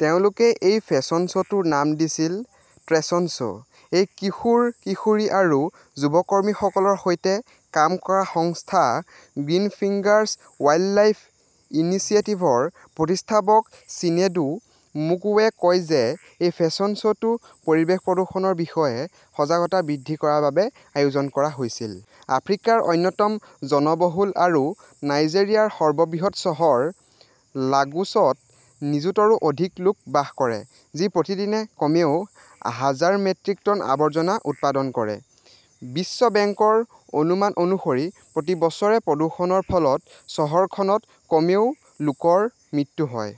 তেওঁলোকে এই fashion show "টোৰ নাম দিছিল" ট্ৰেচন শ্ব "। এই কিশোৰ-কিশোৰী আৰু যুৱ কৰ্মীসকলৰ সৈতে কাম কৰা সংস্থা গ্ৰীণফিংগাৰ্ছ ৱাইল্ডলাইফ ইনিচিয়েটিভৰ প্ৰতিষ্ঠাপক চিনেডু মোগবোৱে কয় যে এই ফেশ্বন শ্ব "টো পৰিৱেশ প্ৰদূষণৰ বিষয়ে সজাগতা বৃদ্ধি কৰাৰ বাবে আয়োজন কৰা হৈছিল। আফ্ৰিকাৰ অন্যতম জনবহুল আৰু নাইজেৰিয়াৰ সৰ্ববৃহৎ চহৰ লাগোছত নিযুতৰো অধিক লোক বাস কৰে, যি প্ৰতিদিনে কমেও হাজাৰ মেট্ৰিক টন আৱৰ্জনা উৎপাদন কৰে। বিশ্ব বেংকৰ অনুমান অনুসৰি প্ৰতি বছৰে প্ৰদূষণৰ ফলত চহৰখনত কমেও, লোকৰ মৃত্যু হয়।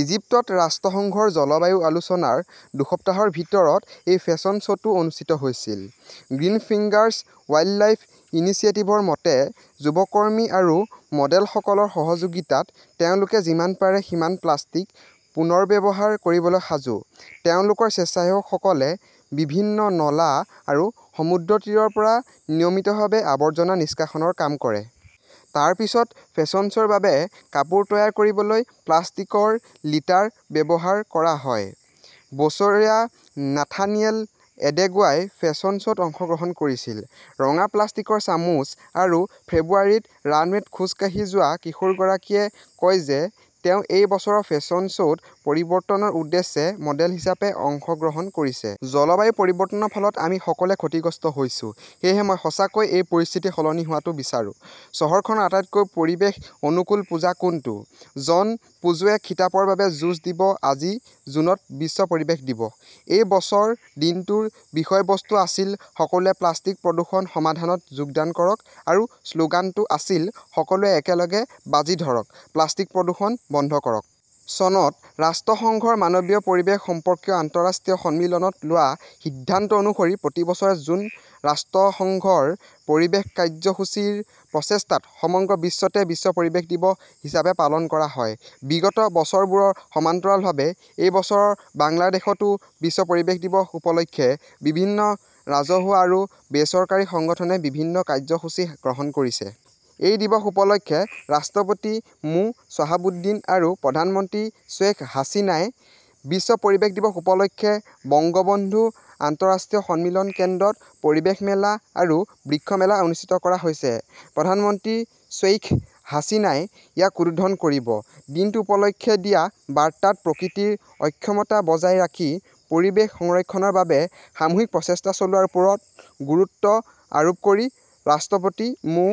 ইজিপ্তত ৰাষ্ট্ৰসংঘৰ জলবায়ু আলোচনাৰ দুসপ্তাহৰ ভিতৰত এই ফেশ্বন শ্ব "টো অনুষ্ঠিত হৈছে। গ্ৰীণফিংগাৰ্ছ ৱাইল্ডলাইফ ইনিচিয়েটিভৰ মতে, যুৱ কৰ্মী আৰু মডেলসকলৰ সহযোগিতাত তেওঁলোকে যিমান পাৰে সিমান প্লাষ্টিক পুনৰ্ব্যৱহাৰ কৰিবলৈ সাজু। তেওঁলোকৰ স্বেচ্ছাসেৱকসকলে বিভিন্ন নলা আৰু সমুদ্ৰতীৰৰ পৰা নিয়মিতভাৱে আৱৰ্জনা নিষ্কাশনৰ কাম কৰে। তাৰ পিছত ফেশ্বন শ্ব "ৰ বাবে কাপোৰ তৈয়াৰ কৰিবলৈ প্লাষ্টিকৰ লিটাৰ ব্যৱহাৰ কৰা হয়। বছৰীয়া নাথানিয়েল এডেগোৱাই ফেশ্বন শ্ব "ত অংশগ্ৰহণ কৰিছিল। ৰঙা প্লাষ্টিকৰ চামুচ আৰু ফেব্ৰুৱাৰীত ৰানৱেত খোজ কাঢ়ি যোৱা কিশোৰীগৰাকীয়ে কয় যে তেওঁ এই বছৰৰ ফেশ্বন শ্ব "ত" পৰিৱৰ্তনৰ উদ্দেশ্যে "মডেল হিচাপে অংশগ্ৰহণ কৰিছে। "জলবায়ু পৰিৱৰ্তনৰ ফলত আমি সকলোৱে ক্ষতিগ্ৰস্ত হৈছো, সেয়েহে মই সঁচাকৈয়ে এই পৰিস্থিতি সলনি হোৱাটো বিচাৰো। "। চহৰখনৰ আটাইতকৈ পৰিৱেশ-অনুকূল পূজা কোনটো? জন পুজুৱে খিতাপৰ বাবে যুঁজ দিব আজি জুনত বিশ্ব পৰিৱেশ দিৱস। এই বছৰ দিনটোৰ বিষয়বস্তু আছিল "সকলোৱে প্লাষ্টিক প্ৰদূষণ সমাধানত যোগদান কৰক", আৰু শ্লোগানটো আছিল "সকলোৱে একেলগে বাজি ধৰক, প্লাষ্টিক প্ৰদূষণ বন্ধ কৰক"। চনত ৰাষ্ট্ৰসংঘৰ মানৱীয় পৰিৱেশ সম্পৰ্কীয় আন্তঃৰাষ্ট্ৰীয় সন্মিলনত লোৱা সিদ্ধান্ত অনুসৰি প্ৰতি বছৰে জুন ৰাষ্ট্ৰসংঘৰ পৰিৱেশ কাৰ্যসূচী ৰ প্ৰচেষ্টাত সমগ্ৰ বিশ্বতে "বিশ্ব পৰিৱেশ দিৱস" হিচাপে পালন কৰা হয়। বিগত বছৰবোৰৰ সমান্তৰালভাৱে, এই বছৰ বাংলাদেশতো বিশ্ব পৰিৱেশ দিৱস উপলক্ষে বিভিন্ন ৰাজহুৱা আৰু বেচৰকাৰী সংগঠনে বিভিন্ন কাৰ্যসূচী গ্ৰহণ কৰিছে। এই দিৱস উপলক্ষে ৰাষ্ট্ৰপতি মো. শ্বাহাবুদ্দিন আৰু প্ৰধানমন্ত্ৰী শ্বেখ হাছিনাই। বিশ্ব পৰিৱেশ দিৱস উপলক্ষে বঙ্গবন্ধু আন্তঃৰাষ্ট্ৰীয় সন্মিলন কেন্দ্ৰত পৰিৱেশ মেলা আৰু বৃক্ষ মেলা অনুষ্ঠিত কৰা হৈছে। প্ৰধানমন্ত্ৰী শ্বেইখ হাছিনাই ইয়াক উদ্বোধন কৰিব। দিনটো উপলক্ষে দিয়া বাৰ্তাত প্ৰকৃতিৰ অক্ষমতা বজাই ৰাখি পৰিৱেশ সংৰক্ষণৰ বাবে সামূহিক প্ৰচেষ্টা চলোৱাৰ ওপৰত গুৰুত্ব আৰোপ কৰি ৰাষ্ট্ৰপতি মো.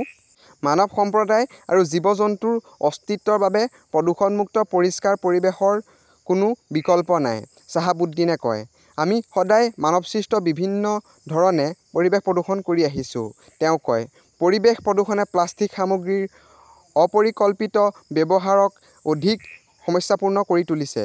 "মানৱ সম্প্ৰদায় আৰু জীৱ-জন্তুৰ অস্তিত্বৰ বাবে প্ৰদূষণ-মুক্ত পৰিষ্কাৰ পৰিৱেশৰ কোনো বিকল্প নাই", চাহাবুদ্দিনে কয়। "আমি সদায় মানৱসৃষ্ট বিভিন্ন ধৰণে পৰিৱেশ প্ৰদূষণ কৰি আহিছো", তেওঁ কয়। পৰিৱেশ প্ৰদূষণে প্লাষ্টিক সামগ্ৰীৰ অপৰিকল্পিত ব্যৱহাৰক অধিক সমস্যাপূৰ্ণ কৰি তুলিছে।